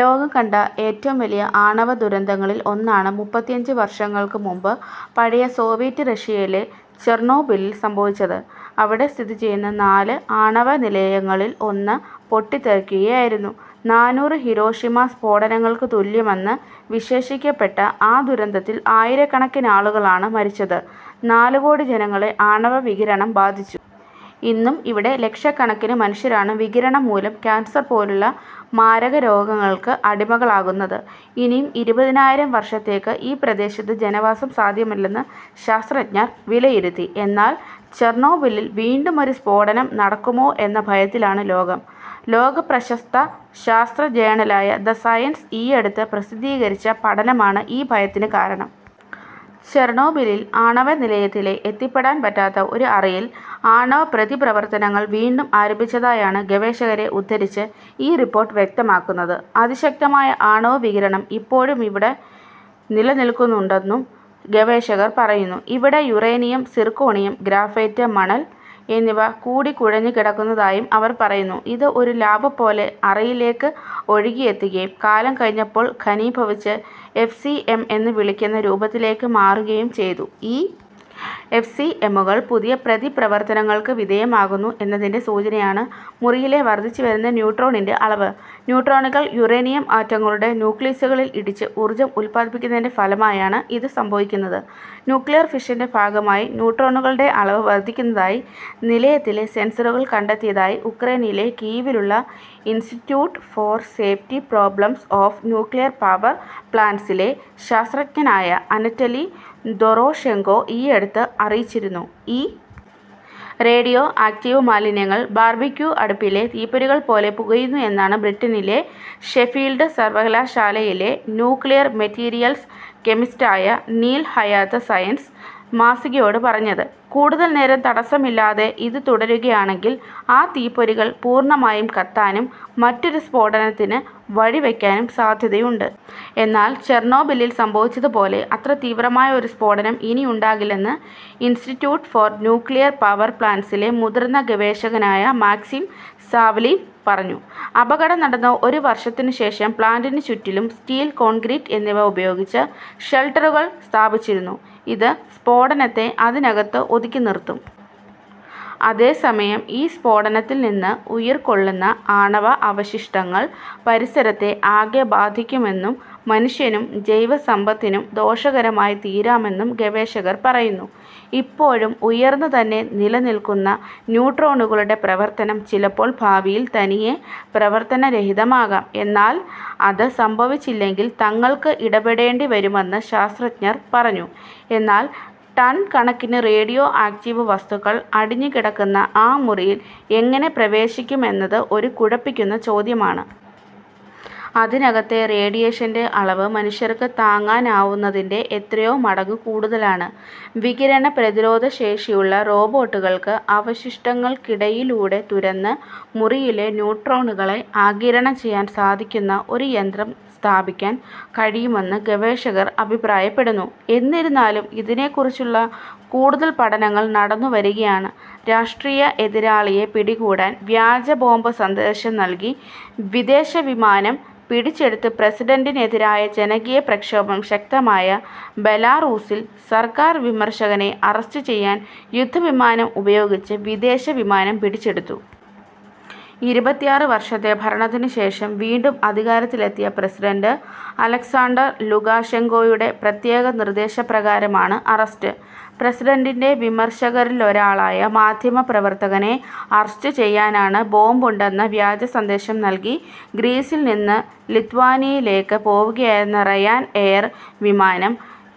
ലോകം കണ്ട ഏറ്റവും വലിയ ആണവദുരന്തങ്ങളിൽ ഒന്നാണ് മുപ്പത്തിയഞ്ച് വർഷങ്ങൾക്ക് മുമ്പ് പഴയ സോവിയറ്റ് റഷ്യയിലെ ചെർണോബിലിൽ സംഭവിച്ചത്. അവിടെ സ്ഥിതിചെയ്യുന്ന നാല് ആണവനിലയങ്ങളിൽ ഒന്ന് പൊട്ടിത്തെറിക്കുകയായിരുന്നു. നാനൂറ് ഹിരോഷിമാ സ്ഫോടനങ്ങൾക്ക് തുല്യമെന്ന് വിശേഷിപ്പിക്കപ്പെട്ട ആ ദുരന്തത്തിൽ ആയിരക്കണക്കിനാളുകളാണ് മരിച്ചത്. നാല് കോടി ജനങ്ങളെ ആണവ വികിരണം ബാധിച്ചു. ഇന്നും ഇവിടെ ലക്ഷക്കണക്കിന് മനുഷ്യരാണ് വികിരണം മൂലം കാൻസർ പോലുള്ള മാരകരോഗങ്ങൾക്ക് അടിമകളാകുന്നത്. ഇനിയും ഇരുപതിനായിരം വർഷത്തേക്ക് ഈ പ്രദേശത്ത് ജനവാസം സാധ്യമല്ലെന്ന് ശാസ്ത്രജ്ഞർ വിലയിരുത്തി. എന്നാൽ ചെർണോബിലിൽ വീണ്ടുമൊരു സ്ഫോടനം നടക്കുമോ എന്ന ഭയത്തിലാണ് ലോകം. ലോകപ്രശസ്ത ശാസ്ത്ര ജേണലായ ദ സയൻസ് ഈയടുത്ത് പ്രസിദ്ധീകരിച്ച പഠനമാണ് ഈ ഭയത്തിന് കാരണം. ചെർണോബിൽ ആണവനിലയത്തിലെ എത്തിപ്പെടാൻ പറ്റാത്ത ഒരു അറയിൽ ആണവപ്രതിപ്രവർത്തനങ്ങൾ വീണ്ടും ആരംഭിച്ചതായാണ് ഗവേഷകരെ ഉദ്ധരിച്ച് ഈ റിപ്പോർട്ട് വ്യക്തമാക്കുന്നത്. അതിശക്തമായ ആണവവികിരണം ഇപ്പോഴുമിവിടെ നിലനിൽക്കുന്നുണ്ടെന്നും ഗവേഷകർ പറയുന്നു. ഇവിടെ യുറേനിയം, സിർക്കോണിയം, ഗ്രാഫൈറ്റ്, മണൽ എന്നിവ കൂടിക്കുഴഞ്ഞുകിടക്കുന്നതായും അവർ പറയുന്നു. ഇത് ഒരു ലാവ പോലെ അറയിലേക്ക് ഒഴുകിയെത്തുകയും കാലം കഴിഞ്ഞപ്പോൾ ഖനീഭവിച്ച് എഫ്സിഎം എന്ന് വിളിക്കുന്ന രൂപത്തിലേക്ക് മാറുകയും ചെയ്തു.ഈ എഫ്സിഎമ്മുകൾ പുതിയ പ്രതിപ്രവർത്തനങ്ങൾക്ക് വിധേയമാകുന്നു എന്നതിൻ്റെ സൂചനയാണ് മുറിയിലെ വർധിച്ചുവരുന്ന ന്യൂട്രോണിൻ്റെ അളവ്. ന്യൂട്രോണുകൾ യുറേനിയം ആറ്റങ്ങളുടെ ന്യൂക്ലിയസുകളിൽ ഇടിച്ച് ഊർജം ഉൽപാദിപ്പിക്കുന്നതിൻ്റെ ഫലമായാണ് ഇത് സംഭവിക്കുന്നത്. ന്യൂക്ലിയർ ഫിഷൻ്റെ ഭാഗമായി ന്യൂട്രോണുകളുടെ അളവ് വർധിക്കുന്നതായി നിലയത്തിലെ സെൻസറുകൾ കണ്ടെത്തിയതായി ഉക്രെയ്നിലെ കീവിലുള്ള institute for safety problems of nuclear power പ്ലാന്റ്സിലെ ശാസ്ത്രജ്ഞനായ അനറ്റലി ദോറോഷെങ്കോ ഈയടുത്ത് അറിയിച്ചിരുന്നു.ഈ റേഡിയോ ആക്ടീവ് മാലിന്യങ്ങൾ ബാർബിക്യൂ അടുപ്പിലെ തീപ്പൊരികൾ പോലെ പുകയുന്നു എന്നാണ് ബ്രിട്ടനിലെ ഷെഫീൽഡ് സർവകലാശാലയിലെ ന്യൂക്ലിയർ മെറ്റീരിയൽസ് കെമിസ്റ്റായ നീൽ ഹയാത്ത് സയൻസ് മാസികയോട് പറഞ്ഞത്. കൂടുതൽ നേരം തടസ്സമില്ലാതെ ഇത് തുടരുകയാണെങ്കിൽ ആ തീപ്പൊരികൾ പൂർണമായും കത്താനും മറ്റൊരു സ്ഫോടനത്തിന് വഴിവയ്ക്കാനും സാധ്യതയുണ്ട്. എന്നാൽ ചെർണോബിലിൽ സംഭവിച്ചത് പോലെ അത്ര തീവ്രമായ ഒരു സ്ഫോടനം ഇനിയുണ്ടാകില്ലെന്ന് ഇൻസ്റ്റിറ്റ്യൂട്ട് ഫോർ ന്യൂക്ലിയർ പവർ പ്ലാന്റ്സിലെ മുതിർന്ന ഗവേഷകനായ മാക്സിം സാവലീവ് പറഞ്ഞു. അപകടം നടന്ന് ഒരു വർഷത്തിനുശേഷം പ്ലാന്റിനു ചുറ്റിലും സ്റ്റീൽ, കോൺക്രീറ്റ് എന്നിവ ഉപയോഗിച്ച് ഷെൽട്ടറുകൾ സ്ഥാപിച്ചിരുന്നു. ഇത് സ്ഫോടനത്തെ അതിനകത്ത് ഒതുക്കിനിർത്തും. അതേസമയം ഈ സ്ഫോടനത്തിൽ നിന്ന് ഉയിർകൊള്ളുന്ന ആണവ അവശിഷ്ടങ്ങൾ പരിസരത്തെ ആകെ ബാധിക്കുമെന്നും മനുഷ്യനും ജൈവസമ്പത്തിനും ദോഷകരമായി തീരാമെന്നും ഗവേഷകർ പറയുന്നു. ഇപ്പോഴും ഉയർന്നുതന്നെ നിലനിൽക്കുന്ന ന്യൂട്രോണുകളുടെ പ്രവർത്തനം ചിലപ്പോൾ ഭാവിയിൽ തനിയെ പ്രവർത്തനരഹിതമാകാം. എന്നാൽ അത് സംഭവിച്ചില്ലെങ്കിൽ തങ്ങൾക്ക് ഇടപെടേണ്ടിവരുമെന്ന് ശാസ്ത്രജ്ഞർ പറഞ്ഞു. എന്നാൽ ടൺ കണക്കിന് റേഡിയോ ആക്ടീവ് വസ്തുക്കൾ അടിഞ്ഞുകിടക്കുന്ന ആ മുറിയിൽ എങ്ങനെ പ്രവേശിക്കുമെന്നത് ഒരു കുഴപ്പിക്കുന്ന ചോദ്യമാണ്. അതിനകത്തെ റേഡിയേഷൻ്റെ അളവ് മനുഷ്യർക്ക് താങ്ങാനാവുന്നതിൻ്റെ എത്രയോ മടങ്ങ് കൂടുതലാണ്. വികിരണ പ്രതിരോധശേഷിയുള്ള റോബോട്ടുകൾക്ക് അവശിഷ്ടങ്ങൾക്കിടയിലൂടെ തുരന്ന് മുറിയിലെ ന്യൂട്രോണുകളെ ആഗിരണം ചെയ്യാൻ സാധിക്കുന്ന ഒരു യന്ത്രം സ്ഥാപിക്കാൻ കഴിയുമെന്ന് ഗവേഷകർ അഭിപ്രായപ്പെടുന്നു. എന്നിരുന്നാലും ഇതിനെക്കുറിച്ചുള്ള കൂടുതൽ പഠനങ്ങൾ നടന്നുവരികയാണ്. രാഷ്ട്രീയ എതിരാളിയെ പിടികൂടാൻ വ്യാജ ബോംബ് സന്ദേശം നൽകി വിദേശവിമാനം പിടിച്ചെടുത്തുപ്രസിഡന്റിനെതിരായ ജനകീയ പ്രക്ഷോഭം ശക്തമായ ബെലാറൂസിൽ സർക്കാർ വിമർശകനെ അറസ്റ്റ് ചെയ്യാൻ യുദ്ധവിമാനം ഉപയോഗിച്ച് വിദേശവിമാനം പിടിച്ചെടുത്തു. ഇരുപത്തിയാറ് വർഷത്തെ ഭരണത്തിനുശേഷം വീണ്ടും അധികാരത്തിലെത്തിയ പ്രസിഡന്റ് അലക്സാണ്ടർ ലുകാഷെങ്കോയുടെ പ്രത്യേക നിർദേശപ്രകാരമാണ് അറസ്റ്റ്. പ്രസിഡന്റിൻ്റെ വിമർശകരിലൊരാളായ മാധ്യമപ്രവർത്തകനെ അറസ്റ്റ് ചെയ്യാനാണ് ബോംബുണ്ടെന്ന വ്യാജസന്ദേശം നൽകി ഗ്രീസിൽനിന്ന് ലിത്വാനിയയിലേക്ക് പോവുകയായിരുന്ന റയാൻ എയർ വിമാനം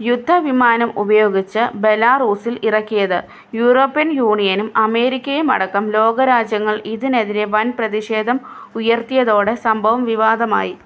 യുദ്ധവിമാനം ഉപയോഗിച്ച് ബെലാറൂസിൽ ഇറക്കിയത്. യൂറോപ്യൻ യൂണിയനും അമേരിക്കയുമടക്കം ലോകരാജ്യങ്ങൾ ഇതിനെതിരെ വൻ പ്രതിഷേധം ഉയർത്തിയതോടെ സംഭവം വിവാദമായി.